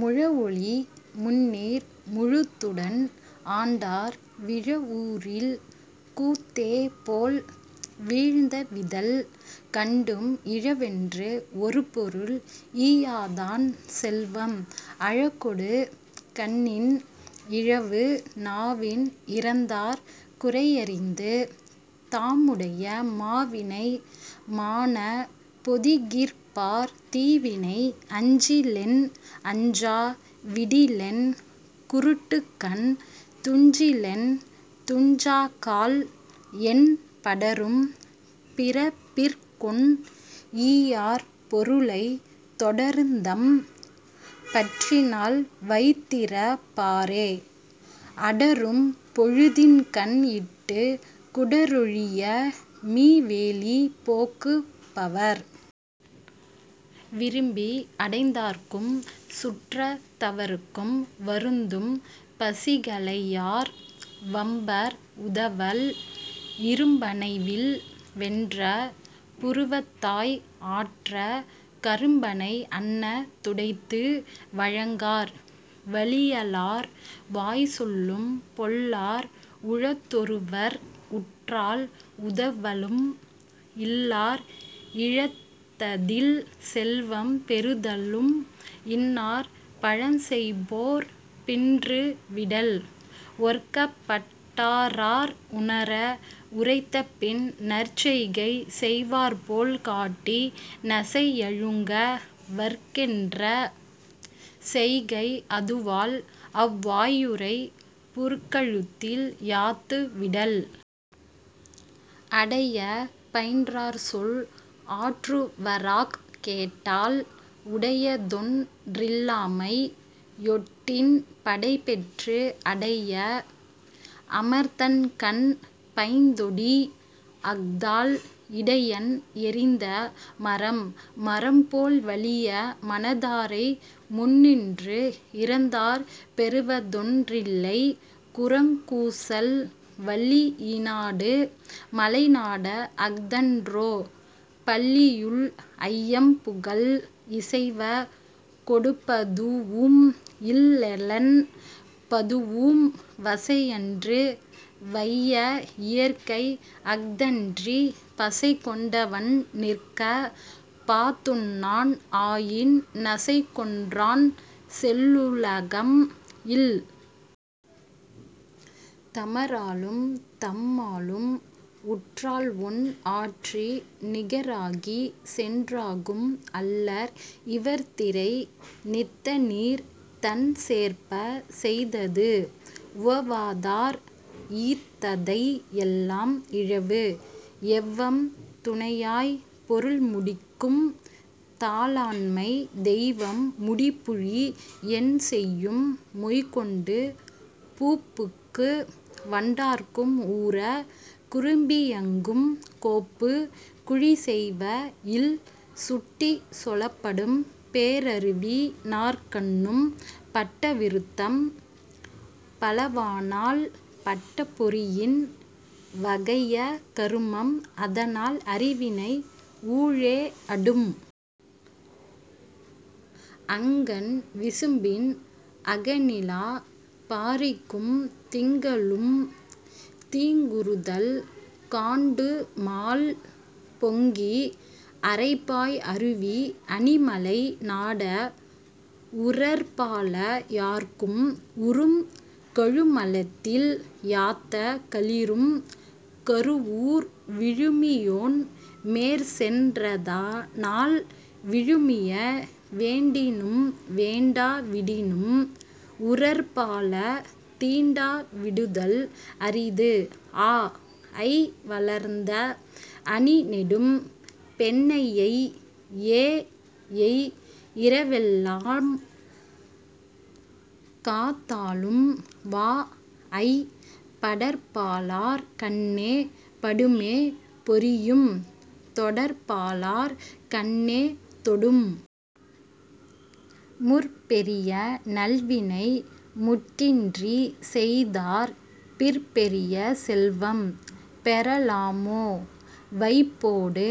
முழவொலி முந்நீர் முழுதுடன் ஆண்டார் விழவூரில் கூத்தேபோல் வீழ்ந்தவிதல் கண்டும் இழவென்று ஒருபொருள் ஈயாதான் செல்வம் 'அழகொடு கண்ணின் இழவு'. நாவின் இரந்தார் குறையறிந்து தாமுடைய மாவினை மாணப் பொதிகிற்பார் தீவினை அஞ்சிலென் அஞ்சா விடிலென் 'குருட்டுக்கண் துஞ்சிலென் துஞ்சாக்கால் என்? ' படரும் பிறப்பிற்கொன் ஈயார் பொருளைத் தொடருந்தம் பற்றினால் வைத்திறப் பாரே அடரும் பொழுதின்கண் இட்டுக் 'குடரொழிய மீவேலி போக்கு பவர்'. விரும்பி அடைந்தார்க்கும் சுற்றத் தவர்க்கும் வருந்தும் பசிகளையார் வம்பர்க் உதவல் இரும்பணைவில் வென்ற புருவத்தாய்! 'ஆற்றக் கரும்பனை அன்ன துடைத்து'. வழங்கார் வலியலார் வாய்ச்சொல்லும் பொல்லார் உழந்தொருவர்க் உற்றால் உதவலும் இல்லார் இழந்ததில் செல்வம் பெறுதலும் இன்னார் 'பழஞ்செய்போர் பின்று விடல்'. ஒற்கப்பட் டாற்றார் உணர உரைத்தபின் நற்செய்கை செய்வார்போல் காட்டி நசையழுங்க வற்கென்ற செய்கை அதுவால் அவ்வாயுறைப் புற்கழுத்தில் யாத்து விடல்'. அடையப் பயின்றார்சொல் ஆற்றுவராக் கேட்டால் உடையதொன் றில்லாமை யொட்டின் படைபெற்று அடைய அமர்த்தகண் பைந்தொடி! அஃதால் 'இடையன் எறிந்த மரம்'. மரம்போல் வலிய மனத்தாரை முன்னின்று இரந்தார் பெறுவதொன் றில்லை குரங்கூசல் வள்ளியி னாடு மலைநாட! அஃதன்றோ 'பள்ளியுள் ஐயம் புகல்' இசைவ கொடுப்பதூஉம் இல்லென் பதூஉம் வசையன்று வையத் இயற்கை அஃதன்றிப் பசைகொண் டவன்நிற்கப் பாத்துண்ணான் ஆயின் 'நசைகொன்றான் செல்லுலகம் இல்'. தமராலும் தம்மாலும் உற்றால்ஒன் ஆற்றி நிகராகிச் சென்றாகும் அல்லர் இவர்திரை நீத்தநீர்த் தண்சேர்ப்ப! செய்தது 'உவவாதார்க் ஈத்ததை எல்லாம் இழவு'. எவ்வம் துணையாய்ப் பொருள்முடிக்கும் தாளாண்மை தெய்வம் முடிப்புழி என்செய்யும்? மொய்கொண்டு பூப்புக்கு வண்டார்க்கும் ஊர! 'குறும்பியங்கும் கோப்புக் குழிச்செய்வ இல்'. சுட்டிச் சொலப்படும் பேரறிவி னார்கண்ணும் பட்ட விருத்தம் பலவானால் பட்ட பொறியின் வகைய கருமம் அதனால் 'அறிவினை ஊழே அடும்'. அங்கண் விசும்பின் அகனிலாப் பாரிக்கும் திங்களும் தீங்குறுதல் காண்டுமால் பொங்கி அறைப்பாய் அருவி அணிமலை நாட! 'உறற்பால யார்க்கும் உறும்'. கழுமலத்தில் யாத்த களிறும் கருவூர் விழுமியோன் மேற்சென் றதனால் விழுமிய வேண்டினும் வேண்டா விடினும் 'உறற்பால தீண்டா விடுதல் அரிது'. ஆஅய் வளர்ந்த அணிநெடும் பெண்ணையை ஏஎய் இரவெல்லாம் காத்தாலும் வாஅய்ப் படற்பாலார் கண்ணே படுமே 'பொறியும் தொடற்பாலார் கண்ணே தொடும்'. முற்பெரிய நல்வினை முட்டின்றிச் செய்யாதார் பிற்பெரிய செல்வம் பெறலாமோ? வைப்போடு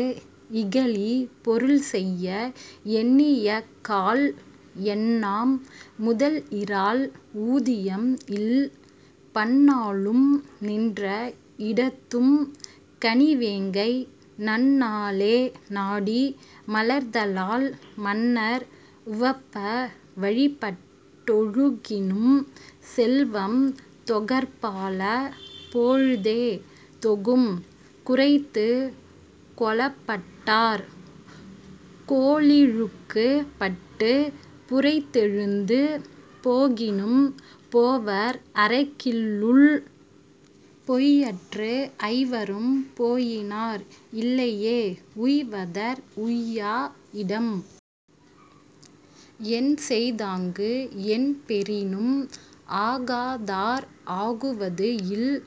இகலிப் பொருள்செய்ய எண்ணியக்கால் என்னாம்? 'முதல்இலார்க் ஊதியம் இல்'. பன்னாளும் நின்ற இடத்தும் கணிவேங்கை நன்னாளே நாடி மலர்தலால் மன்னர் உவப்ப வழிபட் டொழுகினும் செல்வம் 'தொகற்பால போழ்தே தொகும்'. குரைத்துக் கொளப்பட்டார் கோளிழுக்குப் பட்டுப் புரைத்தெழுந்து போகினும் போவர் அரக்கில்லுள் பொய்யற்ற ஐவரும் போயினார் 'இல்லையே உய்வதற் உய்யா இடம்'. என்செய்தாங்கு என்பெறினும் 'ஆகாதார்க் ஆகுவது இல்'.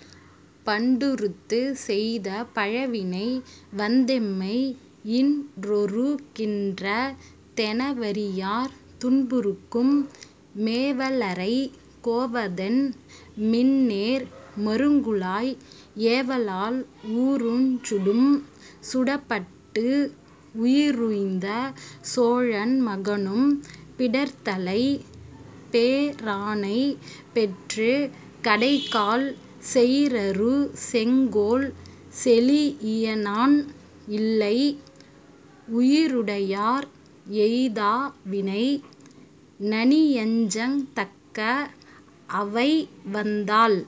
பண்டுருத்துச் செய்த பழவினை வந்தெம்மை இன்றொறுக் கின்ற தெனவறியார் துன்புறுக்கும் மேவலரை கோவதென்? மின்னேர் மருங்குலாய்! 'ஏவலாள் ஊருஞ் சுடும்'. சுடப்பட்டு உயிருய்ந்த சோழன் மகனும் பிடர்த்தலைப் பேரானைப் பெற்றுக் கடைக்கால் செயிரறு செங்கோல் செலீஇயனான் 'இல்லை உயிருடையார் எய்தா வினை. ' நனியஞ்சத் தக்க அவைவந்தால்